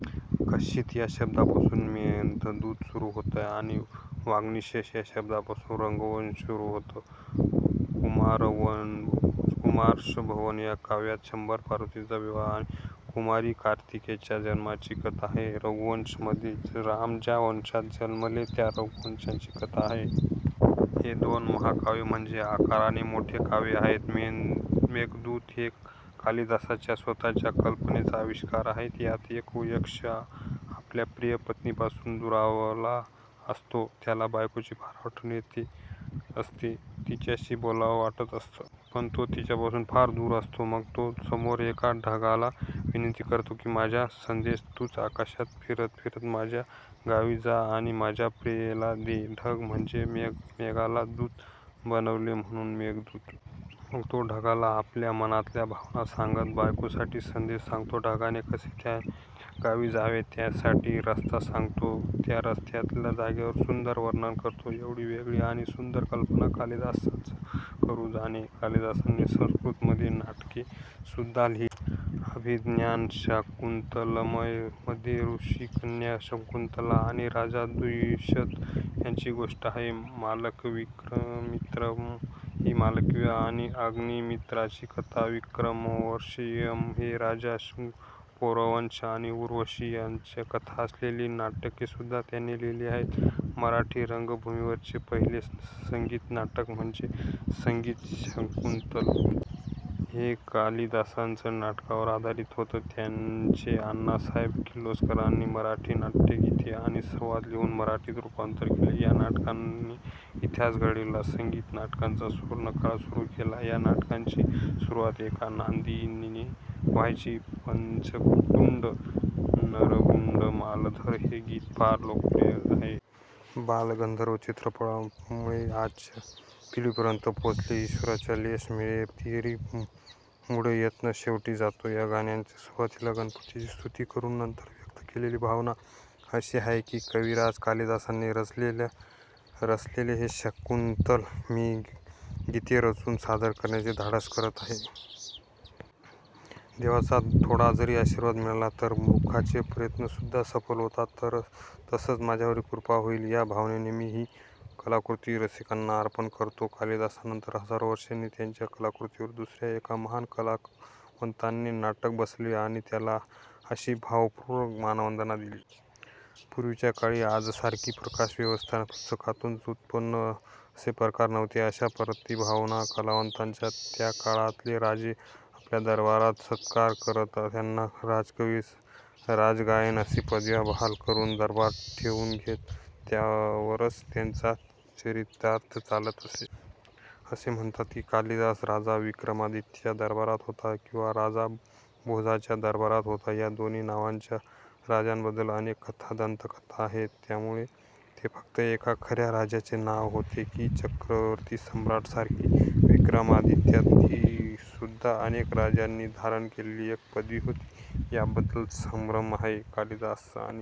कश्चीत या शब्दापासुन मेघदूत सुरु होते आणि वाग्विशेष या शब्दापासुन रघुवंश सुरु होते. कुमारसंभव या काव्यात शंकर पार्वतीचा विवाह आणि कुमार कार्तिकेयाच्या जन्माची कथा आहे. रघुवंश मध्ये राम ज्या वंशात जन्मले त्या रघुवंशाची कथा आहे. हे दोन महाकाव्य म्हणजे आकाराने मोठे काव्य आहेत. मेघदूत हे कालिदासाच्या स्वतःच्या कल्पनेचा अविष्कार आहे. यात एक यक्ष आपल्या प्रिय पत्नीपासुन दुरावला असतो. त्याला बायकोची फार आठवण येत असते. तिच्याशी बोलावं वाटत असतं. पण तो तिच्यापासुन फार दूर असतो. मग तो समोर एका ढगाला विनंती करतो कि माझा संदेश तुच आकाशात फिरत फिरत माझ्या गावी जा आणि माझ्या प्रियेला दे. ढग म्हणजे मेघ. मेघाला दुत बनवले म्हणुन मेघदूत. मग तो ढगाला आपल्या मनातल्या भावना सांगतो. बायकोसाठी संदेश सांगतो. ढगाने कसे त्याच्या गावी जावे त्यासाठी रस्ता सांगतो. त्या रस्त्यातल्या जागांचे सुंदर वर्णन करतो. एवढी वेगळी आणि सुंदर कल्पना कालिदासच करू जाणे. कालिदासाने संस्कृत मध्ये नाटके सुद्धा लिहिली. अभिज्ञान शाकुंतलम् मध्ये ऋषिकन्या शकुंतला आणि राजा दुष्यंत यांची गोष्ट आहे. मालविकाग्निमित्रम हि मालविका आणि अंगमित्राची कथा, विक्रमोर्वशियम हे राजा पौरवस आणि उर्वशी यांची कथा असलेली नाटकेसुद्धा त्याने लिहिली आहेत. मराठी रंगभूमीवरचे पहिले संगीत नाटक म्हणजे संगीत शाकुंतल. हे कालिदासाच्याच नाटकावर आधारित होते. त्याचे अण्णासाहेब किर्लोस्करांनी मराठी नाट्यगीते आणि संवाद लिहुन मराठीत रूपांतर केले. ह्या नाटकाने इतिहास घडवला, संगीत नाटकांचा सुवर्णकाळ सुरु केला. ह्या नाटकाची सुरुवात एका नांदीने व्हायची. पंचतुंड नरगुंडमालधर हे गीत फार लोकप्रिय आहे. बालगंधर्व चित्रपटामुळे ते आजच्या पिढीपर्यंतही पोहोचले. ईशवराचा लेश मिळे तरि मूढयत्न शेवटिं जातो. ह्या गाण्यात सुरुवातीला गणपतीची स्तुती करून नंतर व्यक्त केलेली भावना अशी आहे कि कविराज कालिदासाने रचलेले हे शाकुंतल मी गीते रचुन सादर करण्याचे धाडस करत आहे. देवाचा थोडाजरी आशीर्वाद मिळाला तर मूर्खाचे प्रयत्नसुद्धा सफल होतात. तसंच माझ्यावरही कृपा होईल या भावनेने मी हि कलाकृती रसिकांना अर्पण करतो. कालिदासानंतर हजारो वर्षांनी त्याच्या कलाकृतीवर दुसऱ्या एका महान कलावंताने नाटक बसवले आणि त्याला अशी भावपूर्ण मानवंदना दिली. पूर्वीच्या काळी आजसारखी प्रकाशन व्यवस्था, पुस्तकांतुन उत्पन्न असे प्रकार नव्हते. अशा प्रतिभावान कलावंतांचा त्याकाळातले राजे आपल्या दरबारात सत्कार करत, त्यांना राजकवी, राजगायक अशा पदव्या बहाल करून दरबारात ठेवुन घेत. त्यावरच त्यांचा चरितार्थ चालत असे. असे म्हणतात कि कालिदास राजा विक्रमादित्याच्या दरबारात होता. किंवा राजा भोजाच्या दरबारात होता. ह्या दोन्ही नावाच्या राजांबद्दल अनेक कथा दंतकथा आहेत त्यामुळे ते फक्त एका खऱ्या राजाचे नाव होते कि चक्रवर्ती सम्राट सारखी विक्रमादित्य हीसुद्धा अनेक राजांनी धारण केलेली एक पदवी होती याबद्दलही संभ्रम आहे. कालिदास आणि